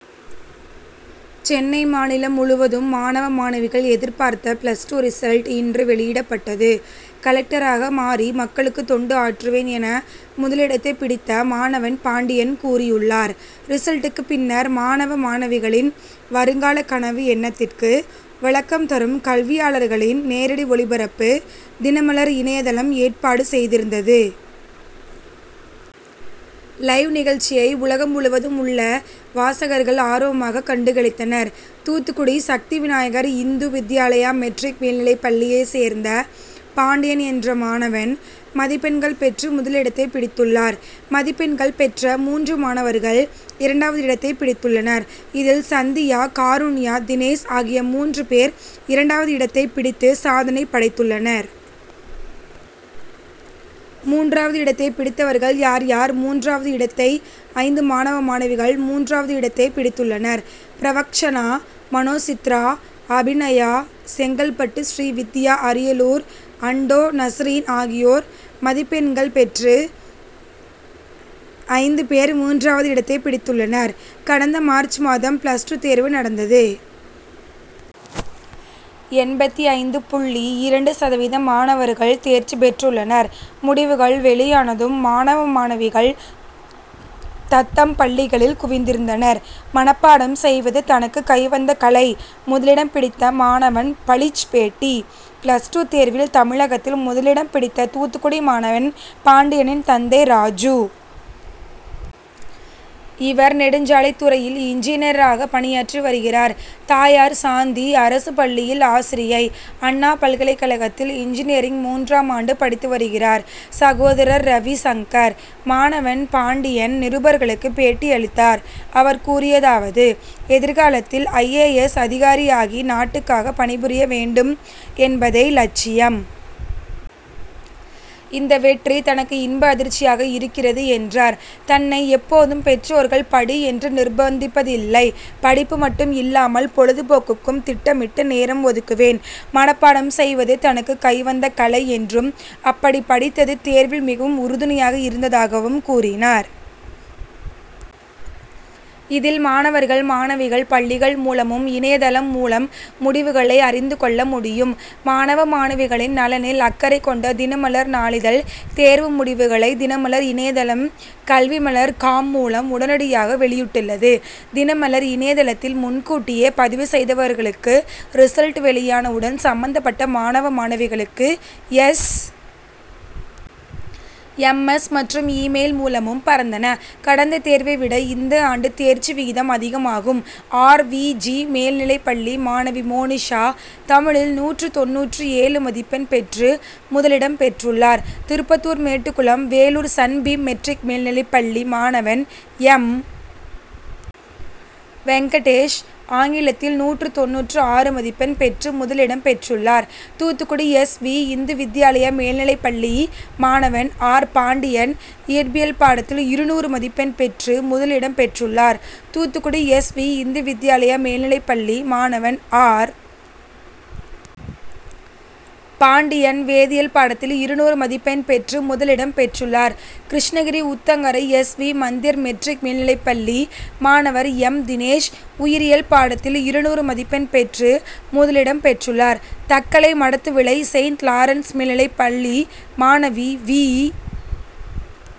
சென்னை மாநிலம் முழுவதும் மாணவ மாணவிகள் எதிர்பார்த்த பிளஸ் டூ ரிசல்ட் இன்று வெளியிடப்பட்டது. கலெக்டராக மாறி மக்களுக்கு தொண்டு ஆற்றுவேன் என முதலிடத்தை பிடித்த மாணவன் பாண்டியன் கூறியுள்ளார். ரிசல்ட்டுக்கு பின்னர் மாணவ மாணவிகளின் வருங்கால கனவு எண்ணத்திற்கு விளக்கம் தரும் கல்வியாளர்களின் நேரடி ஒளிபரப்பு தினமலர் இணையதளம் ஏற்பாடு செய்திருந்தது. லைவ் நிகழ்ச்சியை உலகம் முழுவதும் உள்ள வாசகர்கள் ஆர்வமாக கண்டுகளித்தனர். தூத்துக்குடி சக்தி விநாயகர் இந்து வித்யாலயா மெட்ரிக் மேல்நிலைப்பள்ளியை சேர்ந்த பாண்டியன் என்ற மாணவன் மதிப்பெண்கள் பெற்று முதலிடத்தை பிடித்துள்ளார். மதிப்பெண்கள் பெற்று மூன்று மாணவர்கள் இரண்டாவது இடத்தை பிடித்துள்ளனர். இதில் சந்தியா காருண்யா தினேஷ் ஆகிய மூன்று பேர் இரண்டாவது இடத்தை பிடித்து சாதனை படைத்துள்ளனர். மூன்றாவது இடத்தை பிடித்தவர்கள் யார் யார் மூன்றாவது இடத்தை ஐந்து மாணவ மாணவிகள் மூன்றாவது இடத்தை பிடித்துள்ளனர். பிரவக்சனா மனோசித்ரா அபிநயா செங்கல்பட்டு ஸ்ரீவித்யா அரியலூர் அண்டோ நசீரின் ஆகியோர் மதிப்பெண்கள் பெற்று ஐந்து பேர் மூன்றாவது இடத்தை பிடித்துள்ளனர். கடந்த மார்ச் மாதம் பிளஸ் டூ தேர்வு நடந்தது. எண்பத்திஐந்து புள்ளி இரண்டு சதவீத மாணவர்கள் தேர்ச்சி பெற்றுள்ளனர். முடிவுகள் வெளியானதும் மாணவ மாணவிகள் தத்தம் பள்ளிகளில் குவிந்திருந்தனர். மணப்பாடம் செய்வது தனக்கு கைவந்த கலை முதலிடம் பிடித்த மாணவன் பளீச் பேட்டி பிளஸ் டூ தேர்வில் தமிழகத்தில் முதலிடம் பிடித்த தூத்துக்குடி மாணவன் பாண்டியனின் தந்தை ராஜூ. இவர் நெடுஞ்சாலைத் துறையில் இன்ஜினியராக பணியாற்றி வருகிறார். தாயார் சாந்தி அரசு பள்ளியில் ஆசிரியை. அண்ணா பல்கலைக்கழகத்தில் இன்ஜினியரிங் மூன்றாம் ஆண்டு படித்து வருகிறார் சகோதரர் ரவி சங்கர். மாணவன் பாண்டியன் நிருபர்களுக்கு பேட்டி அளித்தார். அவர் கூறியதாவது எதிர்காலத்தில் ஐ. ஏ. எஸ். அதிகாரியாகி நாட்டுக்காக பணி புரிய வேண்டும் என்பதை லட்சியம். இந்த வெற்றி தனக்கு இன்ப அதிர்ச்சியாக இருக்கிறது என்றார். தன்னை எப்போதும் பெற்றோர்கள் படி என்று நிர்பந்திப்பதில்லை படிப்பு மட்டும் இல்லாமல் பொழுதுபோக்குக்கும் திட்டமிட்டு நேரம் ஒதுக்குவேன். மணப்பாடம் செய்வது தனக்கு கைவந்த கலை என்றும் அப்படி படித்தது தேர்வில் மிகவும் உறுதுணையாக இருந்ததாகவும் கூறினார். இதில் மாணவர்கள் மாணவிகள் பள்ளிகள் மூலமும் இணையதளம் மூலம் முடிவுகளை அறிந்து கொள்ள முடியும். மாணவ மாணவிகளின் நலனில் அக்கறை கொண்ட தினமலர் நாளிதழ் தேர்வு முடிவுகளை தினமலர் இணையதளம் கல்விமலர் காம் மூலம் உடனடியாக வெளியிட்டுள்ளது. தினமலர் இணையதளத்தில் முன்கூட்டியே பதிவு செய்தவர்களுக்கு ரிசல்ட் வெளியான உடன் சம்பந்தப்பட்ட மாணவ மாணவிகளுக்கு எஸ். எம். எஸ். மற்றும் இ மெயில் மூலமும் பறந்தன. கடந்த தேர்வை விட இந்த ஆண்டு தேர்ச்சி விகிதம் அதிகமாகும். ஆர். வி. ஜி. மேல்நிலைப்பள்ளி மாணவி மோனிஷா தமிழில் நூற்று தொண்ணூற்று ஏழு மதிப்பெண் பெற்று முதல் இடம் பெற்றுள்ளார். திருப்பத்தூர் மேட்டுக்குளம் வேலூர் சன்பீம் மெட்ரிக் மேல்நிலைப்பள்ளி மாணவன் எம். வெங்கடேஷ் ஆங்கிலத்தில் நூற்று தொண்ணூற்று ஆறு மதிப்பெண் பெற்று முதல் இடம் பெற்றுள்ளார். தூத்துக்குடி எஸ். வி. இந்து வித்யாலயா மேல்நிலைப்பள்ளி மாணவன் ஆர். பாண்டியன் இயற்பியல் பாடத்தில் இருநூறு மதிப்பெண் பெற்று முதல் இடம் பெற்றுள்ளார். தூத்துக்குடி எஸ். வி. இந்து வித்யாலயா மேல்நிலைப்பள்ளி மாணவன் ஆர். பாண்டியன் வேதியல் பாடத்தில் இருநூறு மதிப்பெண் பெற்று முதல் இடம் பெற்றுள்ளார். Krishnagiri Uthangarai S. V. Mandir matric மேல்நிலைப்பள்ளி மாணவர் எம். தினேஷ் உயிரியல் பாடத்தில் இருநூறு மதிப்பெண் பெற்று முதல் இடம் பெற்றுள்ளார். தக்கலை மடத்துவிளை செயின்ட் லாரன்ஸ் மேல்நிலைப்பள்ளி மாணவி வி.